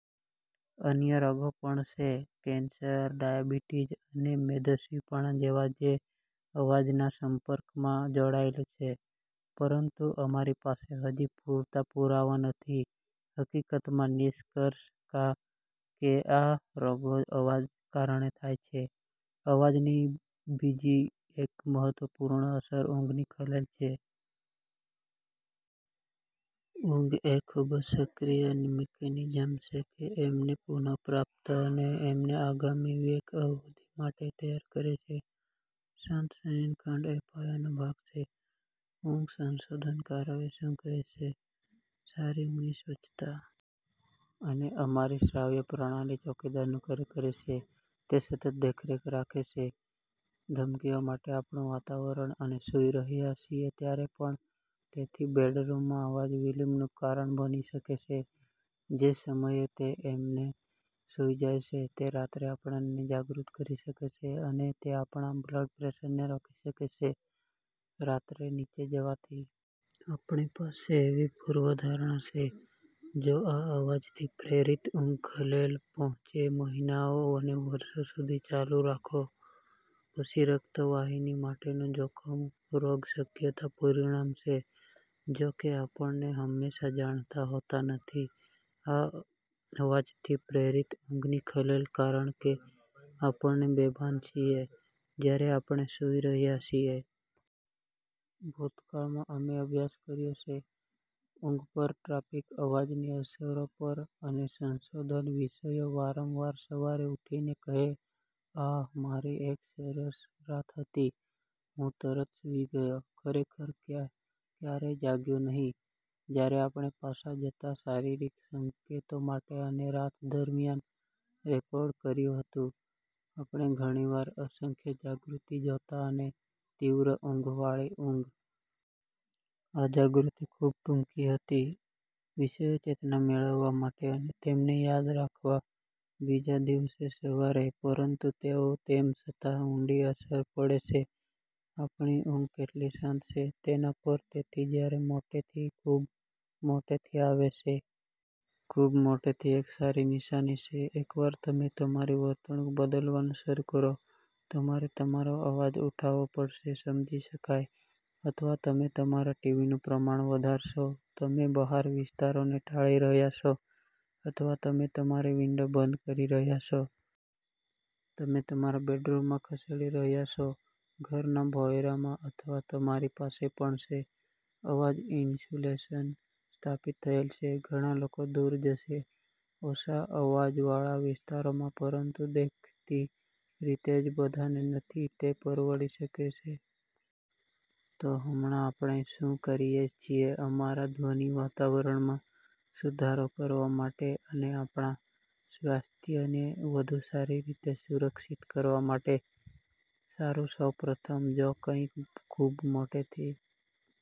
અન્ય રોગો પણ છે કેન્સર, ડાયાબિટીઝ અને મેદસ્વીપણા જેવા જે અવાજના સંપર્કમાં જોડાયેલું છે, પરંતુ અમારી પાસે હજી પૂરતા પુરાવા નથી હકીકતમાં, નિષ્કર્ષ કા. ો કે આ રોગો અવાજ કારણે થાય છે. અવાજની બીજી એક મહત્વપૂર્ણ અસર ઊંઘની ખલેલ છે. ઊંઘ એ ખૂબ જ સક્રિય મિકેનિઝમ છે કે અમને પુન. પ્રાપ્ત અને અમને આગામી વેક અવધિ માટે તૈયાર કરે છે. શાંત શયનખંડ એ પાયાનો ભાગ છે ઊંઘ સંશોધનકારો શું કહે છે "સારી ઊંઘની સ્વચ્છતા. "અને અમારી શ્રાવ્ય પ્રણાલી ચોકીદારનું કાર્ય છે. તે સતત દેખરેખ રાખે છે ધમકીઓ માટે આપણું વાતાવરણ, અમે સૂઈ રહ્યાં છીએ ત્યારે પણ. તેથી બેડરૂમમાં અવાજ વિલંબનું કારણ બની શકે છે જે સમયે તે અમને સૂઈ જાય છે, તે રાત્રે આપણને જાગૃત કરી શકે છે, અને તે આપણા બ્લડ પ્રેશરને રોકી શકે છે રાત્રે નીચે જવાથી. આપણી પાસે એવી પૂર્વધારણા છે જો આ અવાજથી પ્રેરિત ઊંઘ ખલેલ પહોંચે મહિનાઓ અને વર્ષો સુધી ચાલુ રાખો, પછી રક્તવાહિની માટેનું જોખમ રોગ શક્યતા પરિણામ છે. જો કે, આપણે હંમેશાં જાણતા હોતા નથી આ અવાજથી પ્રેરિત ઊંઘની ખલેલ, કારણ કે આપણે બેભાન છીએ જ્યારે આપણે સૂઈ રહ્યા છીએ. ભૂતકાળમાં, અમે અભ્યાસ કર્યો છે ઊંઘ પર ટ્રાફિક અવાજની અસરો પર, અને સંશોધન વિષયો વારંવાર સવારે ઉઠીને કહે, આહ, મારી એક સરસ રાત હતી, હું તરત સૂઈ ગયો, ખરેખર ક્યારેય જાગ્યો નહીં. " જ્યારે આપણે પાછા જતા શારીરિક સંકેતો માટે અમે રાત દરમિયાન રેકોર્ડ કર્યું હતું, આપણે ઘણી વાર અસંખ્ય જાગૃતિ જોતા અને તીવ્ર ઊંઘવાળી ઊંઘ. આ જાગૃતિ ખૂબ ટૂંકી હતી વિષયો ચેતના મેળવવા માટે અને તેમને યાદ રાખવા બીજા દિવસે સવારે, પરંતુ તેઓ તેમ છતાં ઊંડી અસર પડે છે આપણી ઊંઘ કેટલી શાંત છે તેના પર. તેથી જ્યારે મોટેથી ખૂબ મોટેથી આવે છે? ખૂબ મોટેથી એક સારી નિશાની છે એકવાર તમે તમારી વર્તણૂક બદલવાનું શરૂ કરો. તમારે તમારો અવાજ ઉઠાવવો પડશે સમજી શકાય, અથવા તમે તમારા ટીવીનું પ્રમાણ વધારશો. તમે બહારના વિસ્તારોને ટાળી રહ્યા છો, અથવા તમે તમારી વિંડો બંધ કરી રહ્યાં છો. તમે તમારા બેડરૂમમાં ખસેડી રહ્યા છો ઘરના ભોંયરામાં, અથવા તમારી પાસે પણ છે અવાજ ઇન્સ્યુલેશન સ્થાપિત થયેલ છે. ઘણા લોકો દૂર જશે ઓછા અવાજવાળા વિસ્તારોમાં, પરંતુ દેખીતી રીતે જ બધાને નથી તે પરવડી શકે છે. તો હમણાં આપણે શું કરી શકીએ અમારા ધ્વનિ વાતાવરણમાં સુધારો કરવા માટે અને આપણા સ્વાસ્થ્યને વધુ સારી રીતે સુરક્ષિત કરવા માટે? સારું, સૌ પ્રથમ, જો કંઇક ખૂબ મોટેથી